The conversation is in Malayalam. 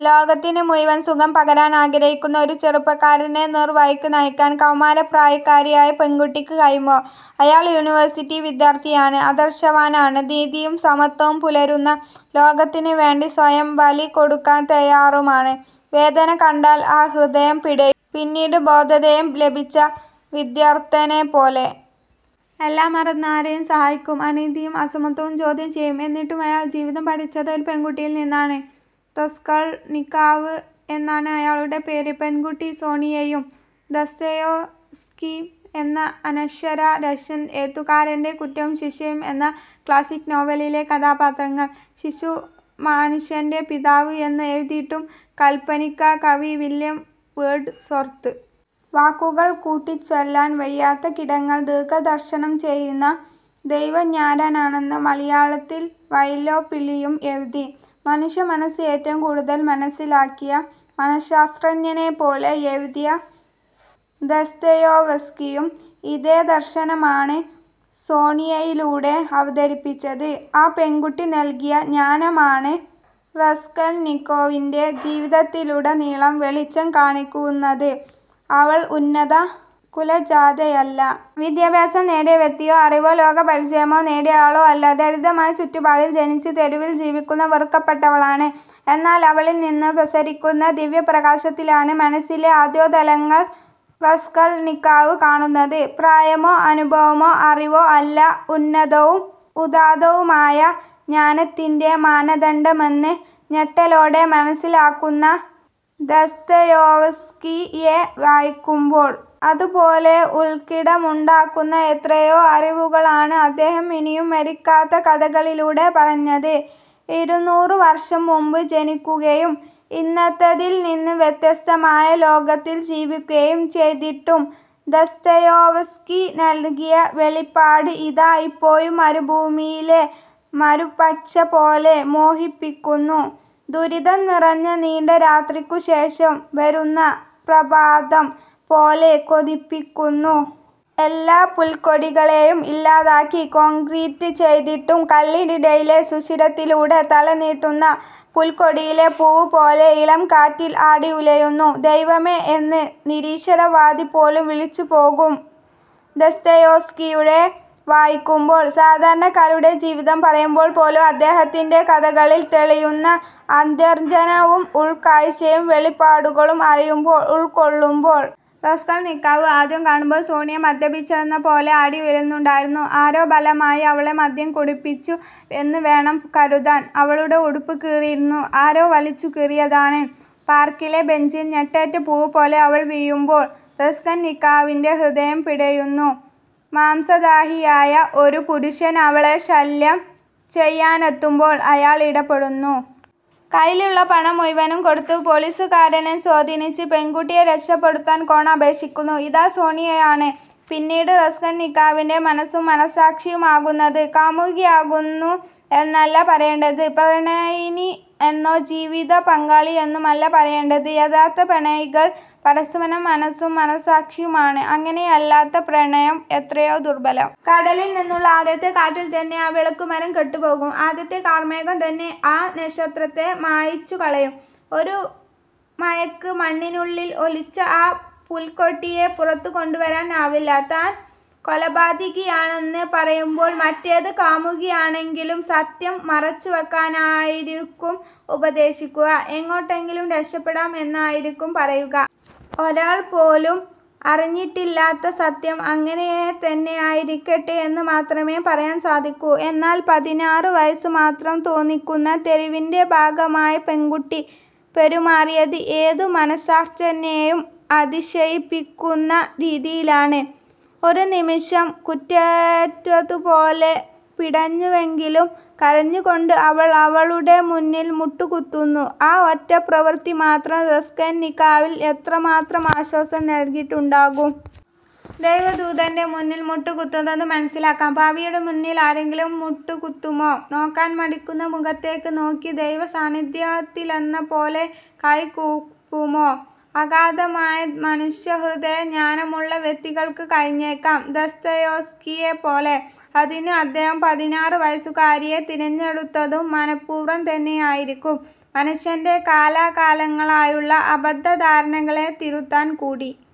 ലോകത്തിനു മുഴുവൻ സുഖം പകരാൻ ആഗ്രഹിച്ച ഒരു ചെറുപ്പക്കാരനെ നേർവഴിക്ക് നയിക്കാൻ കൗമാരപ്രായക്കാരിയായ പെൺകുട്ടിക്ക് കഴിയുമോ? അയാൾ യൂണിവേഴ്സിറ്റി വിദ്യാർത്ഥിയാണ്, ആദർശവാനാണ്. നീതിയും സമത്വവും പുലരുന്ന ലോകത്തിനു വേണ്ടി സ്വയം ബലി കൊടുക്കാൻ തയ്യാറുമാണ്. വേദന കണ്ടാൽ ആ ഹൃദയം പിടയും, പിന്നീട് ബോധോദയം ലഭിച്ച സിദ്ധാർത്ഥനെപ്പോലെ. എല്ലാം മറന്ന് ആരെയും സഹായിക്കും. അനീതിയും അസമത്വവും ചോദ്യം ചെയ്യും. എന്നിട്ടും അയാൾ ജീവിതം പഠിച്ചത് ഒരു പെൺകുട്ടിയിൽ നിന്നാണ്. റാസ്കൾനിക്കോവ് എന്നാണ് അയാളുടെ പേര്. പെൺകുട്ടി സോണിയയും. ദസ്തയേവ്സ്കി എന്ന അനശ്വര റഷ്യൻ എഴുത്തുകാരൻ്റെ കുറ്റവും ശിക്ഷയും എന്ന ക്ലാസിക് നോവലിലെ കഥാപാത്രങ്ങൾ. ശിശു മനുഷ്യൻ്റെ പിതാവ് എന്ന് എഴുതിയിട്ടുണ്ട് കാൽപ്പനിക കവി വില്യം വേഡ്സ്വർത്ത്. വാക്കുകൾ കൂട്ടിച്ചൊല്ലാൻ വയ്യാത്ത കിടാങ്ങൾ ദീർഘദർശനം ചെയ്യുന്ന ദൈവജ്ഞരാണെന്ന് മലയാളത്തിൻ്റെ വൈലോപ്പിള്ളിയും എഴുതി. മനുഷ്യ മനസ്സ് ഏറ്റവും കൂടുതൽ മനസ്സിലാക്കിയ, മനഃശാസ്ത്രജ്ഞനെപ്പോലെ എഴുതിയ ദസ്തയേവ്സ്കിയും ഇതേ ദർശനമാണ് സോണിയയിലൂടെ അവതരിപ്പിച്ചത്. ആ പെൺകുട്ടി നൽകുന്ന ജ്ഞാനമാണ് റാസ്കൾനിക്കോവിൻ്റെ ജീവിതത്തിലുടനീളം വെളിച്ചം കാണിക്കുന്നത്. അവൾ ഉന്നത കുലജാതയല്ല. വിദ്യാഭ്യാസം നേടിയ വ്യക്തിയോ അറിവോ ലോകപരിചയമോ നേടിയ ആളോ അല്ല. ദരിദ്രമായ ചുറ്റുപാടിൽ ജനിച്ച്, തെരുവിൽ ജീവിക്കുന്ന വെറുക്കപ്പെട്ടവളാണ്. എന്നാൽ അവളിൽ നിന്ന് പ്രസരിക്കുന്ന ദിവ്യപ്രകാശത്തിലാണ് മനസ്സിലെ അധോതലങ്ങൾ റാസ്കൾനിക്കോവ് കാണുന്നത്. പ്രായമോ അനുഭവമോ അറിവോ അല്ല ഉന്നതവും ഉദാത്തവുമായ ജ്ഞാനത്തിൻ്റെ മാനദണ്ഡമെന്ന് ഞെട്ടലോടെ മനസ്സിലാക്കുന്നു ദസ്തയേവ്സ്കിയെ വായിക്കുമ്പോൾ. അതുപോലെ ഉൾക്കിടിലമുണ്ടാക്കുന്ന എത്രയോ അറിവുകളാണ് അദ്ദേഹം ഇനിയും മരിക്കാത്ത കഥകളിലൂടെ പറഞ്ഞത്. ഇരുനൂറ് വർഷം മുൻപ് ജനിക്കുകയും ഇന്നത്തേതിൽ നിന്ന് വ്യത്യസ്തമായ ലോകത്തിൽ ജീവിക്കുകയും ചെയ്തിട്ടും ദസ്തയേവ്സ്കി നൽകിയ വെളിപാട് ഇതാ ഇപ്പോഴും മരുഭൂമിയിലെ മരുപ്പച്ച പോലെ മോഹിപ്പിക്കുന്നു. ദുരിതം നിറഞ്ഞ നീണ്ട രാത്രിക്കു ശേഷം വരുന്ന പ്രഭാതം പോലെ കൊതിപ്പിക്കുന്നു. എല്ലാ പുൽക്കൊടികളെയും ഇല്ലാതാക്കി കോൺക്രീറ്റ് ചെയ്തിട്ടും കല്ലിനിടയിലെ സുഷിരത്തിലൂടെ തല നീട്ടുന്ന പുൽക്കൊടിയിലെ പൂവ് പോലെ ഇളംകാറ്റിൽ ആടിയുലയുന്നു. ദൈവമേ എന്ന് നിരീശ്വരവാദി പോലും വിളിച്ചുപോകും ദസ്തയേവ്സ്കിയെ വായിക്കുമ്പോൾ. സാധാരണക്കാരുടെ ജീവിതം പറയുമ്പോൾ പോലും അദ്ദേഹത്തിൻ്റെ കഥകളിൽ തെളിയുന്ന അന്തർജ്ഞാനവും ഉൾക്കാഴ്ചയും വെളിപാടുകളും അറിയുമ്പോൾ, ഉൾക്കൊള്ളുമ്പോൾ. റാസ്കൾനിക്കോവ് ആദ്യം കാണുമ്പോൾ സോണിയ മദ്യപിച്ചിട്ടെന്ന പോലെ ആടിയുലയുന്നുണ്ടായിരുന്നു. ആരോ ബലമായി അവളെ മദ്യം കുടിപ്പിച്ചു എന്ന് വേണം കരുതാൻ. അവളുടെ ഉടുപ്പ് കീറിയിരുന്നു. ആരോ വലിച്ചുകീറിയതാണ്. പാർക്കിലെ ബെഞ്ചിൽ ഞെട്ടറ്റ പൂവ് പോലെ അവൾ വീഴുമ്പോൾ, റാസ്കൾനിക്കോവിൻ്റെ ഹൃദയം പിടയുന്നു. മാംസദാഹിയായ ഒരു പുരുഷൻ അവളെ ശല്യം ചെയ്യാനെത്തുമ്പോൾ അയാൾ ഇടപെടുന്നു. കയ്യിലുള്ള പണം മുഴുവൻ കൊടുത്ത് പോലീസുകാരനെ സ്വാധീനിച്ച് പെൺകുട്ടിയെ രക്ഷപ്പെടുത്താൻ കേണപേക്ഷിക്കുന്നു. ഇതേ സോണിയയാണ് പിന്നീട് റാസ്കൾനിക്കോവിൻ്റെ മനസ്സും മനഃസാക്ഷിയുമാകുന്നത്. കാമുകിയാകുന്നു എന്നല്ല പറയേണ്ടത്, പ്രണയിനി എന്നോ ജീവിത പങ്കാളി എന്നുമല്ല പറയേണ്ടത്. യഥാർത്ഥ പ്രണയികൾ പരസ്പരം മനസ്സും മനഃസാക്ഷിയുമാണ്. അങ്ങനെയല്ലാത്ത പ്രണയം എത്രയോ ദുർബലം! കടലിൽ നിന്നുള്ള ആദ്യത്തെ കാറ്റിൽത്തന്നെ ആ വിളക്കുമരം കെട്ടുപോകും. ആദ്യത്തെ കാർമേഘം തന്നെ ആ നക്ഷത്രത്തെ മായ്ച്ചുകളയും. ഒരു മഴയ്ക്കും മണ്ണിനുള്ളിൽ ഒളിച്ച ആ പുൽക്കൊടിയെ പുറത്തുകൊണ്ടുവരാൻ ആവില്ല. താൻ കൊലപാതകിയാണെന്ന് പറയുമ്പോൾ മറ്റേത് കാമുകിയാണെങ്കിലും സത്യം മറച്ചുവെക്കാനായിരിക്കും ഉപദേശിക്കുക. എങ്ങോട്ടെങ്കിലും രക്ഷപ്പെടാം എന്നായിരിക്കും പറയുക. ഒരാൾ പോലും അറിഞ്ഞിട്ടില്ലാത്ത സത്യം അങ്ങനെതന്നെയിരിക്കട്ടെ എന്ന് മാത്രമേ പറയാൻ സാധ്യതയുള്ളൂ. എന്നാൽ, പതിനാറ് വയസ്സ് മാത്രം തോന്നിക്കുന്ന, തെരുവിൻ്റെ ഭാഗമായ പെൺകുട്ടി പെരുമാറിയത് ഏതു മനഃശാസ്ത്രജ്ഞനെയും അതിശയിപ്പിക്കുന്ന രീതിയിലാണ്. ഒരു നിമിഷം കുത്തേറ്റതുപോലെ പിടഞ്ഞുവെങ്കിലും കരഞ്ഞുകൊണ്ട് അവൾ അയാളുടെ മുന്നിൽ മുട്ടുകുത്തുന്നു. ആ ഒറ്റ പ്രവൃത്തി മാത്രം റാസ്കൾനിക്കോവിന് എത്രമാത്രം ആശ്വാസം നൽകിയിട്ടുണ്ടാകും. ദൈവദൂതൻ്റെ മുന്നിൽ മുട്ടുകുത്തുന്നത് മനസ്സിലാക്കാം, പാപിയുടെ മുന്നിൽ ആരെങ്കിലും മുട്ടുകുത്തുമോ? നോക്കാൻ മടിക്കുന്ന മുഖത്തേക്ക് നോക്കി ദൈവസാന്നിധ്യത്തിലെന്നപോലെ കൈകൂപ്പുമോ? അഗാധമായ മനുഷ്യഹൃദയ ജ്ഞാനമുള്ള വ്യക്തികൾക്ക് കഴിഞ്ഞേക്കാം, ദസ്തയേവ്സ്കിയെപ്പോലെ. അതിന് അദ്ദേഹം പതിനാറ് വയസ്സുകാരിയെ തിരഞ്ഞെടുത്തതും മനഃപൂർവ്വം തന്നെയായിരിക്കും, മനുഷ്യൻ്റെ കാലാകാലങ്ങളായുള്ള അബദ്ധ ധാരണകളെ തിരുത്താൻ കൂടി.